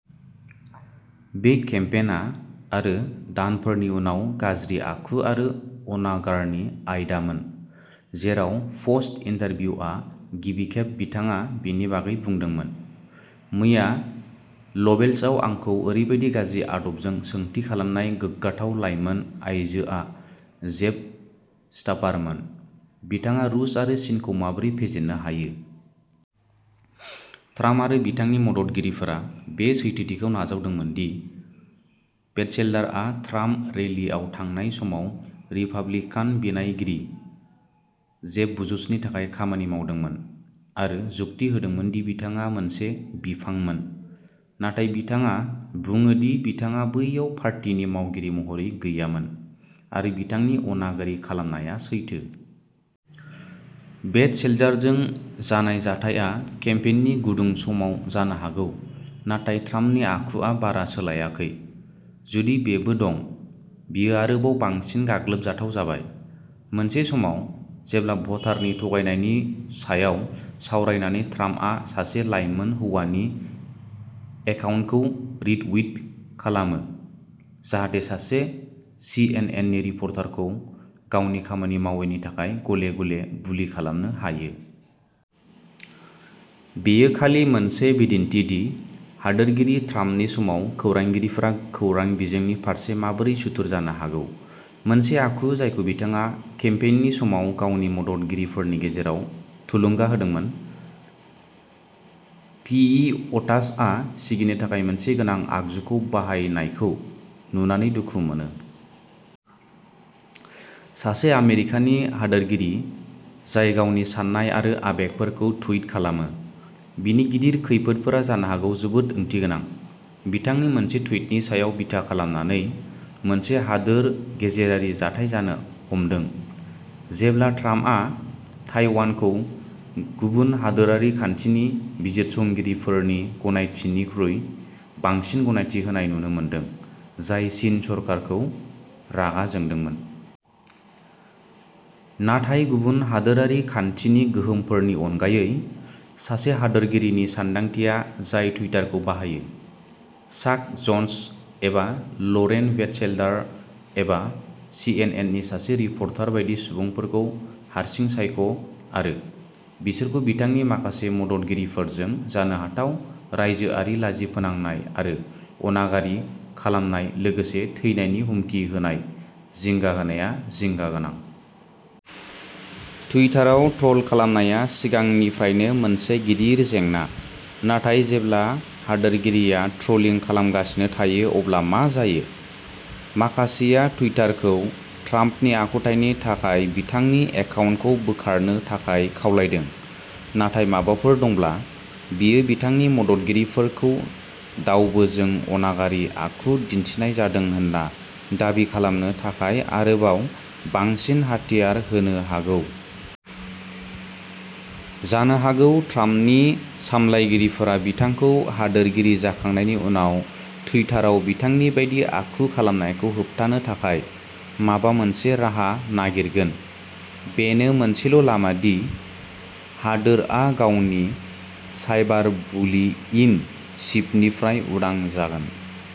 बे केम्पेइनआ, आरो दानफोरनि उनाव गाज्रि आखु आरो अनागारनि आयदामोन, जेराव प'स्ट इन्टारभिउआ गिबि खेब बिथाङा बेनि बागै बुंदोंमोन। मैया लबेल्सआव आंखौ ओरैबायदि गाज्रि आदबजों सोंथि खालामनाय गोग्गाथाव लाइमोन आइजोआ जेब स्टाफारमोन! बिथाङा रुस आरो चीनखौ माबोरै फेजेननो हायो? ट्राम्प आरो बिथांनि मददगिरिफोरा बे सैथोथिखौ नाजावदोंमोन दि बेटचेल्डारआ ट्राम्प रैलीआव थांनाय समाव रिपाब्लिकान बिनायगिरि जेब बुजुशनि थाखाय खामानि मावदोंमोन, आरो जुक्ति होदोंमोन दि बिथाङा मोनसे बिफांमोन। नाथाय बिथाङा बुङो दि बिथाङा बैयाव पार्टीनि मावगिरि महरै गैयामोन, आरो बिथांनि अनागारि खालामनाया सैथो। बेटचेल्डारजों जानाय जाथायआ केम्पेइननि गुदुं समाव जानो हागौ, नाथाय ट्राम्पनि आखुआ बारा सोलायाखै। जुदि बेबो दं, बेयो आरोबाव बांसिन गाग्लोबजाथाव जाबाय। मोनसे समाव, जेब्ला भटारनि थगायनायनि सायाव सावरायनानै ट्राम्पआ सासे लाइमोन हौवानि एकाउन्टखौ रिट्वीट खालामो, जाहाथे सासे सिएनएननि रिपर्टारखौ गावनि खामानि मावैनि थाखाय गले गले बुलि खालामनो हायो। बेयो खालि मोनसे बिदिन्थि दि हादोरगिरि ट्राम्पनि समाव खौरांगिरिफोरा खौरां बिजोंनि फारसे माबोरै सुथुर जानो हागौ, मोनसे आखु जायखौ बिथाङा केम्पेइननि समाव गावनि मददगिरिफोरनि गेजेराव थुलुंगा होदोंमोन। पिइअ'टासआ सिगिनो थाखाय मोनसे गोनां आगजुखौ बाहायनायखौ नुनानै दुखु मोनो। सासे आमेरिकानि हादोरगिरि जाय गावनि साननाय आरो आबेगफोरखौ टुइट खालामो, बिनि गिदिर खैफोदफोरा जानो हागौ जोबोद ओंथिगोनां। बिथांनि मोनसे टुइटनि सायाव बिथा खालामनानै मोनसे हादोर गेजेरारि जाथाय जानो हमदों, जेब्ला ट्राम्पआ ताइवानखौ गुबुन हादोरारि खान्थिनि बिजिरसंगिरिफोरनि गनायथिनिख्रुइ बांसिन गनायथि होनाय नुनो मोनदों, जाय चीन सरकारखौ रागा जोंदोंमोन। नाथाय गुबुन हादोरारि खान्थिनि गोहोमफोरनि अनगायै, सासे हादोरगिरिनि सानदांथिया जाय टुइटारखौ बाहायो। चाक जन्स एबा लरेन बेटचेल्डार एबा सिएनएननि सासे रिपर्टार बायदि सुबुंफोरखौ हारसिं सायख' आरो, बिसोरखौ बिथांनि माखासे मददगिरिफोरजों जानो हाथाव रायजोआरि लाजि फोनांनाय आरो अनागारि खालामनाय लोगोसे थैनायनि हुमखि होनाय जिंगा होनाया जिंगा गोनां। टुइटाराव ट्र'ल खालामनाया सिगांनिफ्रायनो मोनसे गिदिर जेंना, नाथाय जेब्ला हादोरगिरिया ट्र'लिं खालामगासिनो थायो अब्ला मा जायो? माखासेया टुइटारखौ ट्राम्पनि आखुथायनि थाखाय बिथांनि एकाउन्टखौ बोखारनो थाखाय खावलायदों, नाथाय माबाफोर दंब्ला, बेयो बिथांनि मददगिरिफोरखौ दावबोजों अनागारि आखु दिन्थिनाय जादों होनना दाबि खालामनो थाखाय आरोबाव बांसिन हाथियार होनो हागौ। जानो हागौ ट्राम्पनि सामलायगिरिफोरा बिथांखौ हादोरगिरि जाखांनायनि उनाव टुइटाराव बिथांनि बायदि आखु खालामनायखौ होबथानो थाखाय माबा मोनसे राहा नागिरगोन। बेनो मोनसेल' लामा दि हादोरआ गावनि साइबारबुलि इन चीफनिफ्राय उदां जागोन।